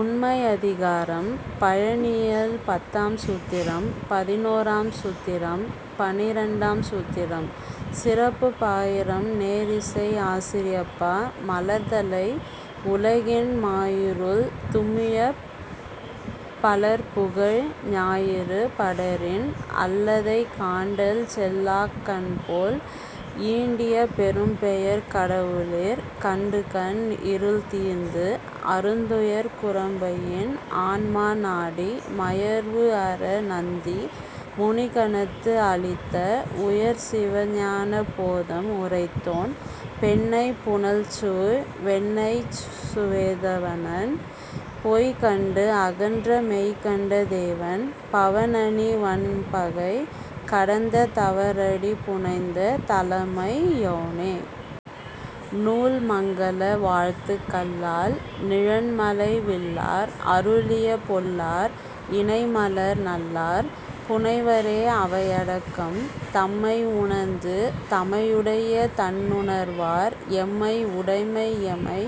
உண்மை அதிகாரம்: பயனியல் பத்தாம் சூத்திரம் பதினொறாம் சூத்திரம் பனிரண்டாம் சூத்திரம். சிறப்புப் பாயிரம் நேரிசை ஆசிரியப்பா மலர்தலை உலகின் மாயிருள் துமியப் பலர்புகழ் ஞாயிறு படரின் அல்லதைக் காண்டல் செல்லாக் கண்போல் ஈண்டிய பெரும்பெயர்க் கடவுளிற் கண்டுகண் இருள்தீர்ந்து அருந்துயர்க் குரம்பையின் ஆன்மா நாடி மயர்வுஅற நந்தி முனிகணத்து அளித்த உயர்சிவ ஞான போதம் உரைத்தோன் பெண்ணைப் புனல்சூழ் வெண்ணெய்ச் சுவேதவனன் பொய்கண்டு அகன்ற மெய்கண்ட தேவன் பவநனி வன்பகை கடந்த தவரடி புனைந்த தலைமை யோனே. நூல் மங்கல வாழ்த்து கல்லால் நிழன்மலை வில்லார் அருளிய பொல்லார் இணைமலர் நல்லார் புணைவரே அவையடக்கம் தம்மை உணர்ந்து தமையுடைய தன்னுணர்வார் எம்மை உடைமை எமை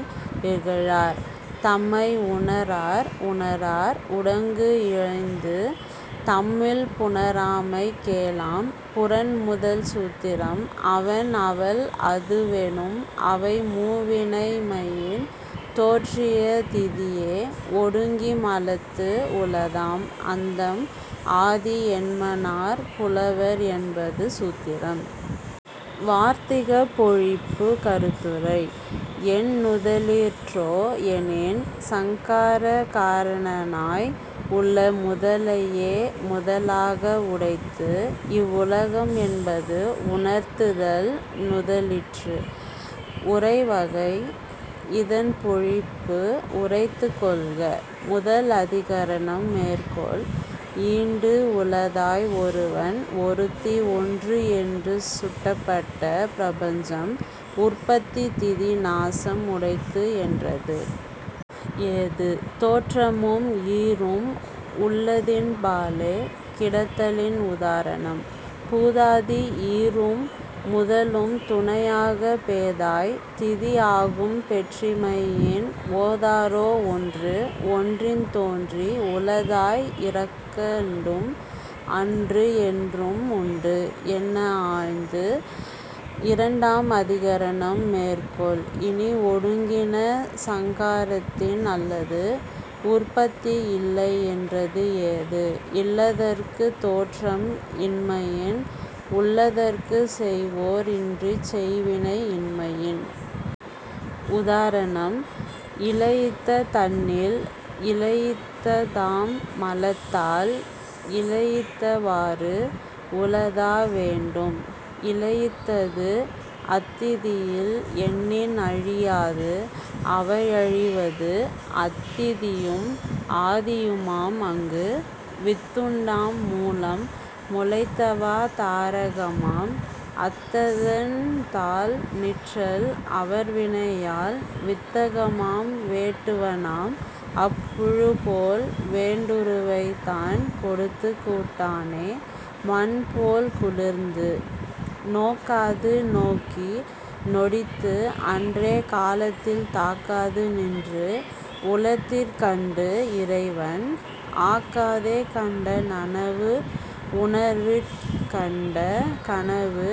இகழார்--- தம்மை உணரார் உணரார் உடங்குஇயைந்து தம்மில் புணராமை கேளாம் புறன் முதல் சூத்திரம் அவன் அவள் அதுவெனும் அவை மூவினைமையின் தோற்றிய திதியே ஒடுங்கி மலத்து உளதாம் அந்தம் ஆதி என்மனார் புலவர் என்பது சூத்திரம். வார்த்திகப் பொழிப்பு கருத்துரை: என் நுதலிற்றோ எனின், சங்கார காரணனாய் உள்ள முதலையே முதலாக உடைத்து இவ்வுலகம்என்பது உணர்த்துதல் நுதலிற்று. உரைவகை: இதன் பொழிப்பு உரைத்துக் கொள்க.. முதல் அதிகரணம் மேற்கோள்: ஈண்டு, உளதாய் ஒருவன் ஒருத்தி ஒன்று என்று சுட்டப்பட்ட பிரபஞ்சம் உற்பத்தி திதி நாசம் உடைத்துஎன்றது. ஏது: தோற்றமும் ஈறும் உள்ளதின்பாலே கிடத்தலின் உதாரணம்: பூதாதி ஈறும் முதலும் துணையாக பேதாய்! திதி ஆகும் பெற்றிமையின்- ஓதாரோ ஒன்று ஒன்றின் தோன்றி உளதாய் இறக்கண்டும் அன்றுஎன்றும் உண்டு என்ன ஆய்ந்து.. இரண்டாம் அதிகரணம் மேற்கோள்: இனி, ஒடுங்கின சங்காரத்தின் அல்லது உற்பத்தி இல்லை என்றது ஏது: இல்லதற்குத் தோற்றம் இன்மையின், உள்ளதற்குச் செய்வோர் இன்றிச் செய்வினை இன்மையின். உதாரணம். இலயித்த தன்னில் இலயித்ததாம் மலத்தால் இலயித்தவாறு உளதா வேண்டும்_ இலயித்தது அத்திதியில் என்னின் அழியாது அவையழிவது அத்திதியும் ஆதியுமாம் அங்கு. வித்துண்டாம் மூலம் முளைத்தவா தாரகமாம் அத்தன்தாள் நிற்றல் அவர்வினையால்- வித்தகமாம் வேட்டுவனாம் அப்புழுபோல் வேண்டுருவைத் தான் கொடுத்துக் கூட்டானே மண்போல் குளிர்ந்து. நோக்காது நோக்கி நொடித்து அன்றே காலத்தில் தாக்காது நின்று உளத்திற் கண்டு இறைவன் -- ஆக்காதே கண்ட நனவு உணர்விற் கண்ட கனவு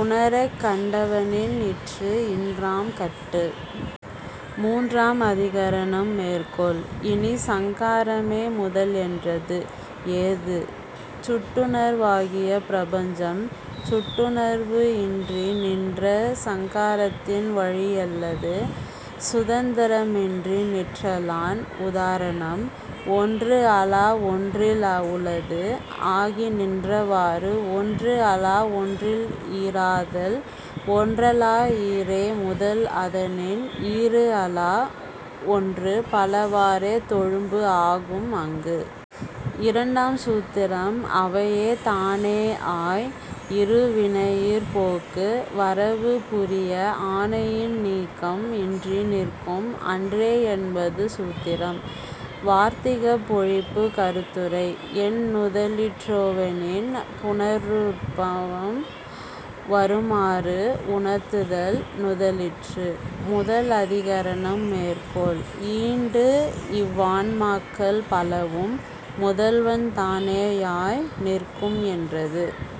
உணரக் கண்டவனின் இற்று இன்றாம் கட்டு.. மூன்றாம் அதிகரணம் மேற்கோள்: இனி, சங்காரமே முதல் என்றது. ஏது: சுட்டுணர்வாகிய பிரபஞ்சம் சுட்டுணர்வு இன்றி நின்ற சங்காரத்தின் வழியல்லது சுதந்திரமின்றிநிற்றலான். உதாரணம்: ஒன்று அலா ஒன்றில் உளது ஆகி நின்றவாறு ஒன்று அலா ஒன்றில் ஈறாதல் _-- ஒன்றலா ஈறே முதல் அதனின் ஈறு அலா ஒன்று பல வாறே தொழும்பு ஆகும் அங்கு. இரண்டாம் சூத்திரம் அவையே தானே ஆய், இரு வினையிற் போக்கு வரவு புரிய ஆணையின் நீக்கம் இன்றி நிற்கும் அன்றே என்பது சூத்திரம். வார்த்திகப் பொழிப்பு கருத்துரை: என் நுதலிற்றோவெனின், புனருற்பவம் வருமாறு உணர்த்துதல் நுதலிற்று.. முதல் அதிகரணம் மேற்கோள்: ஈண்டு, இவ்வான்மாக்கள் பலவும் முதல்வன் தானேயாய் நிற்கும் என்றது.